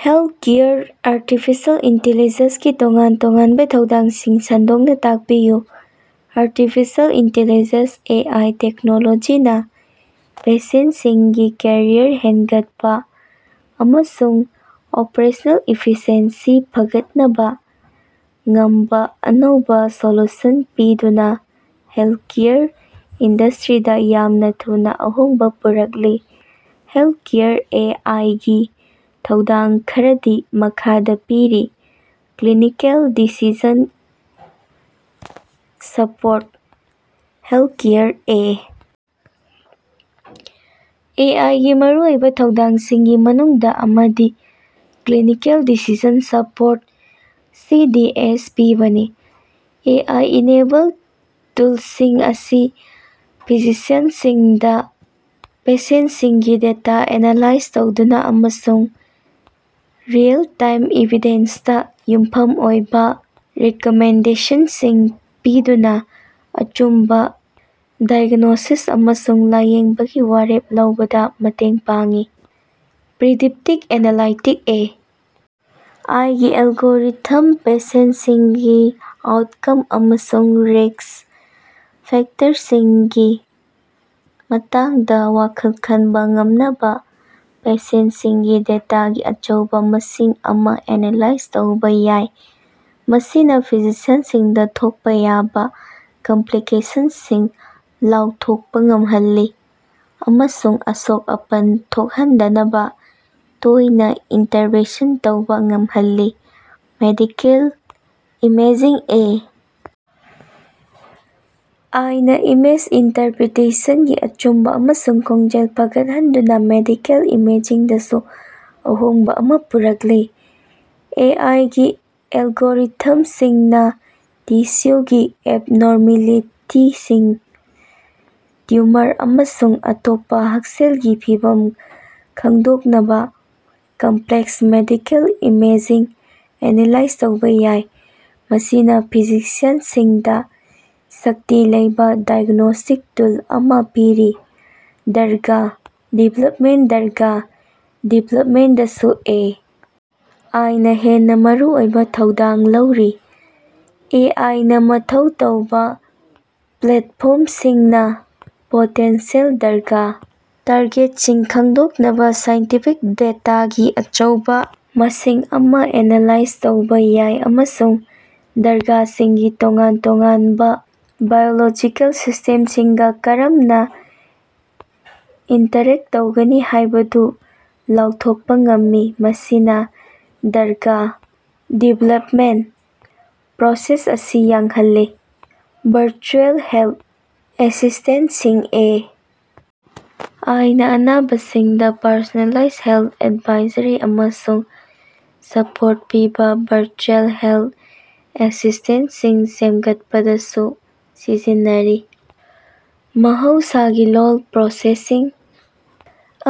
ꯍꯦꯜꯊꯀꯦꯌꯔꯗ artificial ꯏꯤꯇꯦꯂꯤꯖꯦꯁꯒꯤ ꯇꯣꯉꯥꯟ-ꯇꯣꯉꯥꯅꯕꯥ ꯊꯧꯗꯥꯡꯁꯤꯡ ꯁꯟꯗꯣꯛꯅ ꯇꯥꯛꯄꯤꯌꯨ꯫ Artificial intelligence (A. ꯑꯥꯏ.) ꯇꯦꯛꯅꯣꯂꯣꯖꯤꯅꯥ ꯄꯦꯁꯦꯟꯠꯁꯤꯡꯒꯤ ꯀꯦꯌꯔ ꯍꯦꯟꯒꯠꯍꯟꯕ ꯑꯃꯁꯨꯡ ꯑꯣꯄꯔꯦꯁꯅꯦꯜ ꯏꯐꯤꯁꯤꯑꯦꯟꯁꯤ ꯐꯒꯠꯍꯅꯕ ꯉꯝꯕ ꯑꯅꯧꯕꯥ ꯁꯣꯂꯨꯁꯟꯁꯤꯡ ꯄꯤꯗꯨꯅ ꯍꯦꯜꯊꯀꯦꯌꯔ ꯏꯟꯗꯁ꯭ꯠꯔꯤꯗ ꯌꯥꯝꯅꯥ ꯊꯨꯅ ꯑꯍꯣꯡꯕꯥ ꯄꯨꯔꯛꯂꯤ꯫ ꯍꯦꯜꯊꯀꯦꯌꯔꯗꯥ ꯑꯦ. ꯑꯥꯏ. ꯒꯤ ꯊꯧꯗꯥꯡ ꯈꯔꯗꯤ ꯃꯈꯥꯗꯥ ꯄꯤꯔꯤ: ꯀ꯭ꯂꯤꯅꯤꯀꯦꯜ ꯗꯤꯁꯤꯖꯟ ꯁꯄꯣꯔꯠ: ꯍꯦꯜꯊꯀꯦꯌꯔꯗ ꯑꯦ. ꯑꯥꯏ. ꯒꯤ ꯃꯔꯨꯑꯣꯏꯕ ꯊꯧꯗꯥꯡꯁꯤꯡꯒꯤ ꯃꯅꯨꯡꯗ ꯑꯃꯗꯤ ꯀ꯭ꯂꯤꯅꯤꯀꯦꯜ ꯗꯤꯁꯤꯖꯟ ꯁꯄꯣꯔꯠ (ꯁꯤ. ꯗꯤ. ꯑꯦꯁ.) ꯄꯤꯕꯅꯤ꯫ ꯑꯦ. ꯑꯥꯏ. -ꯏꯅꯦꯕꯜ ꯇꯨꯜꯁꯤꯡ ꯑꯁꯤꯅ ꯐꯤꯖꯤꯁꯤꯌꯟꯁꯤꯡꯗ ꯄꯦꯁꯦꯟꯠꯁꯤꯡꯒꯤ ꯗꯦꯇꯥ ꯑꯦꯅꯥꯂꯥꯏꯖ ꯇꯧꯗꯨꯅꯥ ꯑꯃꯁꯨꯡ ꯔꯤꯑꯦꯜ-ꯇꯥꯏꯝ, ꯏꯕꯤꯗꯦꯟꯁꯇ ꯌꯨꯝꯐꯝ ꯑꯣꯏꯕ ꯔꯤꯀꯃꯦꯟꯗꯦꯁꯟꯁꯤꯡ ꯄꯤꯗꯨꯅ ꯑꯆꯨꯝꯕ ꯗꯥꯏꯒ꯭ꯅꯣꯁꯤꯁ ꯑꯃꯁꯨꯡ ꯂꯥꯌꯦꯡꯕꯒꯤ ꯋꯥꯔꯦꯞ ꯂꯧꯕꯗ ꯃꯇꯦꯡ ꯄꯥꯡꯏ꯫ Predictive analytics: A. ꯑꯥꯏ. ꯒꯤ ꯑꯦꯜꯒꯣꯔꯤꯊꯝꯁꯤꯡꯅ ꯄꯦꯁꯦꯟꯠꯁꯤꯡꯒꯤ ꯑꯥꯎꯠꯀꯝ ꯑꯃꯁꯨꯡ ꯔꯤꯁ꯭ꯛ ꯐꯦꯛꯇꯔꯁꯤꯡꯒꯤ ꯃꯇꯥꯡꯗ ꯋꯥꯈꯜ ꯈꯟꯕ ꯉꯝꯅꯕ ꯄꯦꯁꯦꯟꯠꯁꯤꯡꯒꯤ ꯗꯦꯇꯥꯒꯤ ꯑꯆꯧꯕ ꯃꯁꯤꯡ ꯑꯃ ꯑꯦꯅꯥꯂꯥꯏꯖ ꯇꯧꯕ ꯌꯥꯏ꯫ ꯃꯁꯤꯅ ꯐꯤꯖꯤꯁꯤꯌꯟꯁꯤꯡꯗ ꯊꯣꯛꯄ ꯌꯥꯕꯥ ꯀꯝꯄꯂꯤꯀꯦꯁꯟꯁꯤꯡ ꯂꯥꯎꯊꯣꯛꯄ ꯉꯝꯍꯜꯂꯤ ꯑꯃꯁꯨꯡ ꯑꯁꯣꯛ-ꯑꯄꯟ ꯊꯣꯛꯍꯟꯗꯅꯕ ꯇꯣꯏꯅ ꯏꯟꯇꯔꯚꯦꯟꯁꯟ ꯇꯧꯕ ꯉꯝꯍꯜꯂꯤ꯫ Medical imaging: A. ꯑꯥꯏ. ꯅꯥ ꯏꯃꯦꯖ ꯏꯟꯇꯔꯄ꯭ꯔꯤꯇꯦꯁꯟꯒꯤ ꯑꯆꯨꯝꯕ ꯑꯃꯁꯨꯡ ꯈꯣꯡꯖꯦꯜ ꯐꯒꯠꯍꯟꯗꯨꯅ ꯃꯦꯗꯤꯀꯦꯜ ꯏꯃꯦꯖꯤꯡꯗꯁꯨ ꯑꯍꯣꯡꯕ ꯑꯃ ꯄꯨꯔꯛꯂꯤ꯫ ꯑꯦ. ꯑꯥꯏ. ꯒꯤ ꯑꯦꯂꯒꯣꯔꯤꯊꯝꯁꯤꯡꯅ ꯇꯤꯁ꯭ꯌꯨꯒꯤ ꯑꯦꯕꯅꯣꯔꯃꯦꯂꯤꯇꯤꯁꯤꯡ, ꯇꯤꯎꯃꯔꯁꯤꯡ ꯑꯃꯁꯨꯡ ꯑꯇꯣꯞꯄ ꯍꯛꯁꯦꯜꯒꯤ ꯐꯤꯚꯝꯁꯤꯡ ꯈꯪꯗꯣꯛꯅꯕ ꯀꯝꯞꯂꯦꯛꯁ ꯃꯦꯗꯤꯀꯦꯜ ꯏꯃꯦꯖꯁꯤꯡ ꯑꯦꯅꯥꯂꯥꯏꯖ ꯇꯧꯕ ꯌꯥꯏ, ꯃꯁꯤꯅ ꯐꯤꯖꯤꯁꯤꯌꯟꯁꯤꯡꯗ ꯁꯛꯇꯤ ꯂꯩꯕ ꯗꯥꯏꯒ꯭ꯅꯣꯁ꯭ꯇꯤꯛ ꯇꯨꯜ ꯑꯃ ꯄꯤꯔꯤ꯫ ꯗ꯭ꯔꯒ ꯗꯤꯕꯦꯂꯞꯃꯦꯟꯠ: ꯗ꯭ꯔꯒ ꯗꯤꯕꯦꯂꯞꯃꯦꯟꯠꯗꯁꯨ ꯑꯦ. ꯑꯥꯏ. ꯅꯥ ꯍꯦꯟꯅ ꯃꯔꯨꯑꯣꯏꯕ ꯊꯧꯗꯥꯡ ꯂꯧꯔꯤ꯫ ꯑꯦ. ꯑꯥꯏ. ꯅꯥ ꯃꯊꯧ ꯇꯧꯕ ꯄ꯭ꯂꯦꯠꯐ꯭ꯣꯔꯝꯁꯤꯡꯅ ꯄꯣꯇꯦꯟꯁꯤꯌꯦꯜ ꯗ꯭ꯔꯒ ꯇꯥꯔꯒꯦꯠꯁꯤꯡ ꯈꯪꯗꯣꯛꯅꯕ ꯁꯥꯏꯟꯇꯤꯐꯤꯛ ꯗꯦꯇꯥꯒꯤ ꯑꯆꯧꯕ ꯃꯁꯤꯡ ꯑꯃ ꯑꯦꯅꯥꯂꯥꯏꯖ ꯇꯧꯕꯥ ꯌꯥꯏ ꯑꯃꯁꯨꯡ ꯗ꯭ꯔꯒꯁꯤꯡꯅ ꯇꯣꯉꯥꯟ ꯇꯣꯉꯥꯟꯕ ꯕꯥꯏꯑꯣꯂꯣꯖꯤꯀꯦꯜ ꯁꯤꯁ꯭ꯇꯦꯝꯁꯤꯡꯒ ꯀꯔꯝꯅ ꯏꯟꯇꯔꯦꯛ ꯇꯧꯒꯅꯤ ꯍꯥꯏꯕꯗꯨ ꯂꯥꯎꯊꯣꯛꯄ ꯉꯝꯃꯤ, ꯃꯁꯤꯅ ꯗ꯭ꯔꯒ ꯗꯤꯕꯦꯂꯞꯃꯦꯟꯠ ꯄ꯭ꯔꯣꯁꯦꯁ ꯑꯁꯤ ꯌꯥꯡꯁꯤꯂꯍꯜꯂꯤ꯫ Virtual health ꯑꯦꯁꯤꯁ꯭ꯇꯦꯟꯠꯁꯤꯡ: A. ꯑꯥꯏ. ꯅꯥ ꯑꯅꯥꯕꯁꯤꯡꯗ ꯄꯔꯁꯣꯅꯦꯂꯥꯏꯖ ꯍꯦꯜꯊ ꯑꯦꯗꯚꯥꯏꯖꯔꯤ ꯑꯃꯁꯨꯡ ꯁꯄꯣꯔꯠ ꯄꯤꯕ ꯚꯔꯆꯨꯑꯦꯜ ꯍꯦꯜꯊ ꯑꯦꯁꯤꯁ꯭ꯇꯦꯟꯠꯁꯤꯡ ꯁꯦꯝꯒꯠꯄꯗꯁꯨ ꯁꯤꯖꯤꯟꯅꯔꯤ꯫ ꯃꯍꯧꯁꯥꯒꯤ ꯂꯣꯜ ꯄ꯭ꯔꯣꯁꯦꯁꯤꯡ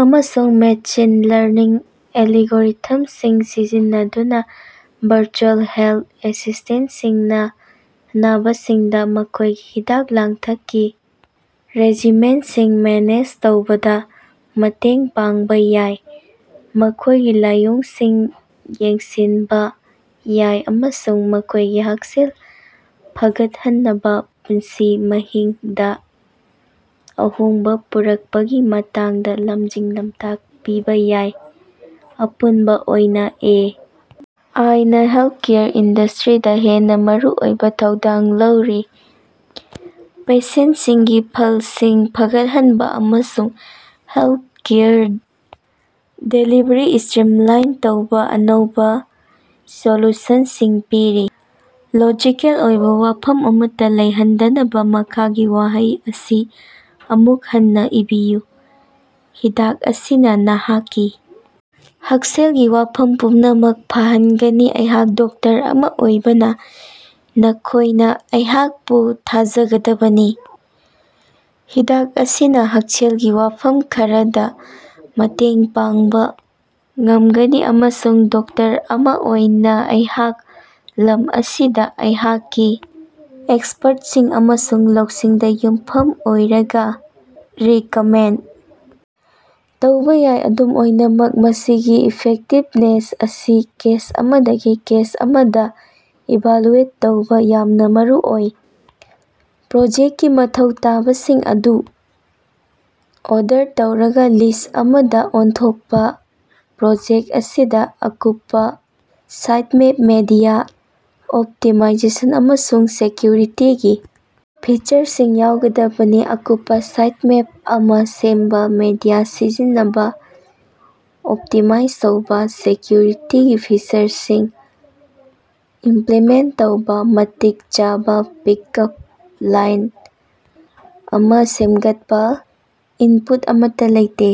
ꯑꯃꯁꯨꯡ ꯃꯦꯁꯤꯟ ꯂꯔꯅꯤꯡ ꯑꯦꯜꯒꯣꯔꯤꯊꯝꯁꯤꯡ ꯁꯤꯖꯤꯟꯅꯗꯨꯅ ꯚꯔꯆꯨꯑꯦꯜ ꯍꯦꯜꯊ ꯑꯦꯁꯤꯁ꯭ꯇꯦꯟꯠꯁꯤꯡꯅ ꯑꯅꯥꯕꯁꯤꯡꯗ ꯃꯈꯣꯏꯒꯤ ꯍꯤꯗꯥꯛ ꯂꯥꯡꯊꯛꯀꯤ ꯔꯦꯖꯤꯃꯦꯟꯁꯤꯡ ꯃꯦꯅꯦꯖ ꯇꯧꯕꯗ ꯃꯇꯦꯡ ꯄꯥꯡꯕꯥ ꯌꯥꯏ, ꯃꯈꯣꯏꯒꯤ ꯂꯥꯏꯑꯣꯡꯁꯤꯡ ꯌꯦꯡꯁꯤꯟꯕ ꯌꯥꯏ ꯑꯃꯁꯨꯡ ꯃꯈꯣꯏꯒꯤ ꯍꯛꯁꯦꯜ ꯐꯒꯠꯍꯟꯅꯕ ꯄꯨꯟꯁꯤ ꯃꯍꯤꯡꯗ ꯑꯍꯣꯡꯕ ꯄꯨꯔꯛꯄꯒꯤ ꯃꯇꯥꯡꯗ ꯂꯝꯖꯤꯡ-ꯂꯝꯇꯥꯛ ꯄꯤꯕ ꯌꯥꯏ꯫ ꯑꯄꯨꯟꯕ ꯑꯣꯏꯅ ꯑꯦ. ꯑꯥꯏ. ꯅꯥ ꯍꯦꯜꯊꯀꯦꯌꯔ ꯏꯟꯗꯁꯇ꯭ꯔꯤꯗ ꯍꯦꯟꯅ ꯃꯔꯨꯑꯣꯏꯕ ꯊꯧꯗꯥꯡ ꯂꯧꯔꯤ, ꯄꯦꯁꯦꯟꯠꯁꯤꯡꯒꯤ ꯐꯜꯁꯤꯡ ꯐꯒꯠꯍꯟꯕ ꯑꯃꯁꯨꯡ ꯍꯦꯜꯊꯀꯦꯌꯔ ꯗꯦꯂꯤꯕꯔꯤ ꯁ꯭ꯇ꯭ꯔꯤꯝꯂꯥꯏꯟ ꯇꯧꯕ ꯑꯅꯧꯕ ꯁꯣꯂꯨꯁꯟꯁꯤꯡ ꯄꯤꯔꯤ꯫ ꯂꯣꯖꯤꯀꯦꯜ ꯑꯣꯏꯕ ꯋꯥꯐꯝ ꯑꯃꯠꯇ ꯂꯩꯍꯟꯗꯅꯕ ꯃꯈꯥꯒꯤ ꯋꯥꯍꯩ ꯑꯁꯤ ꯑꯃꯨꯛ ꯍꯟꯅ ꯏꯕꯤꯌꯨ꯫ ꯍꯤꯗꯥꯛ ꯑꯁꯤꯅ ꯅꯍꯥꯛꯀꯤ ꯍꯛꯁꯦꯜꯒꯤ ꯋꯥꯐꯝ ꯄꯨꯝꯅꯃꯛ ꯐꯍꯟꯒꯅꯤ; ꯑꯩꯍꯥꯛ ꯗꯣꯛꯇꯔ ꯑꯃꯥ ꯑꯣꯏꯕꯅꯥ ꯅꯈꯣꯏꯅ ꯑꯩꯍꯥꯛꯄꯨ ꯊꯥꯓꯒꯗꯕꯅꯤ꯫ ꯍꯤꯗꯥꯛ ꯑꯁꯤꯅ ꯍꯛꯁꯦꯜꯒꯤ ꯋꯥꯐꯝ ꯈꯔꯗ ꯃꯇꯦꯡ ꯄꯥꯡꯕ ꯉꯝꯒꯅꯤ, ꯑꯃꯁꯨꯡ ꯗꯣꯛꯇꯔ ꯑꯃ ꯑꯣꯏꯅ ꯑꯩꯍꯥꯛꯅ ꯂꯝ ꯑꯁꯤꯗ ꯑꯩꯍꯥꯛꯀꯤ ꯑꯦꯛꯁꯄꯔꯠꯁꯤꯡ ꯑꯃꯁꯨꯡ ꯂꯧꯁꯤꯡꯗ ꯌꯨꯝꯐꯝ ꯑꯣꯏꯔꯒ ꯔꯤꯀꯃꯦꯟ ꯇꯧꯕ ꯌꯥꯏ꯫ ꯑꯗꯨꯝ ꯑꯣꯏꯅꯃꯛ, ꯃꯁꯤꯒꯤ ꯏꯐꯦꯛꯇꯤꯕꯅꯦꯁ ꯑꯁꯤ ꯀꯦꯁ ꯑꯃꯗꯒꯤ ꯀꯦꯁ ꯑꯃꯗꯥ ꯏꯚꯥꯂꯨꯑꯦꯠ ꯇꯧꯕꯥ ꯑꯁꯤ ꯌꯥꯝꯅ ꯃꯔꯨꯑꯣꯏ꯫ ꯄ꯭ꯔꯣꯖꯦꯛꯀꯤ ꯃꯊꯧ ꯇꯥꯕꯁꯤꯡ ꯑꯗꯨ ꯑꯣꯔꯗꯔ ꯇꯧꯔꯕ ꯂꯤꯁ꯭ꯠ ꯑꯃꯗ ꯑꯣꯟꯊꯣꯛꯄ꯫ ꯄ꯭ꯔꯣꯖꯦꯛ ꯑꯁꯤꯗ ꯑꯀꯨꯞꯄ ꯁꯥꯏꯠꯃꯦꯞ, ꯃꯦꯗꯤꯌꯥ ꯑꯣꯞꯇꯤꯃꯥꯏꯖꯦꯁꯟ, ꯑꯃꯁꯨꯡ ꯁꯦꯀ꯭ꯌꯨꯔꯤꯇꯤꯒꯤ ꯐꯤꯆꯔꯁꯤꯡ ꯌꯥꯎꯒꯗꯕꯅꯤ꯫ ꯑꯀꯨꯞꯄ ꯁꯥꯏꯠꯃꯦꯞ ꯑꯃꯥ ꯁꯦꯝꯕ ꯃꯤꯗꯤꯌꯥ ꯁꯤꯖꯤꯟꯅꯕ ꯑꯣꯞꯇꯤꯃꯥꯏꯖ ꯇꯧꯕꯥ ꯁꯦꯀ꯭ꯌꯨꯔꯤꯇꯤꯒꯤ ꯐꯤꯆꯔꯁꯤꯡ ꯏꯃꯄꯂꯤꯃꯦꯟꯠ ꯇꯧꯕꯥ꯫ ꯃꯇꯤꯛ ꯆꯥꯕꯥ ꯄꯤꯛ-ꯑꯞ ꯂꯥꯏꯟ ꯑꯃ ꯁꯦꯝꯒꯠꯄꯥ꯫ ꯏꯟꯄꯨꯠ ꯑꯃꯠꯇꯥ ꯂꯩꯇꯦ꯫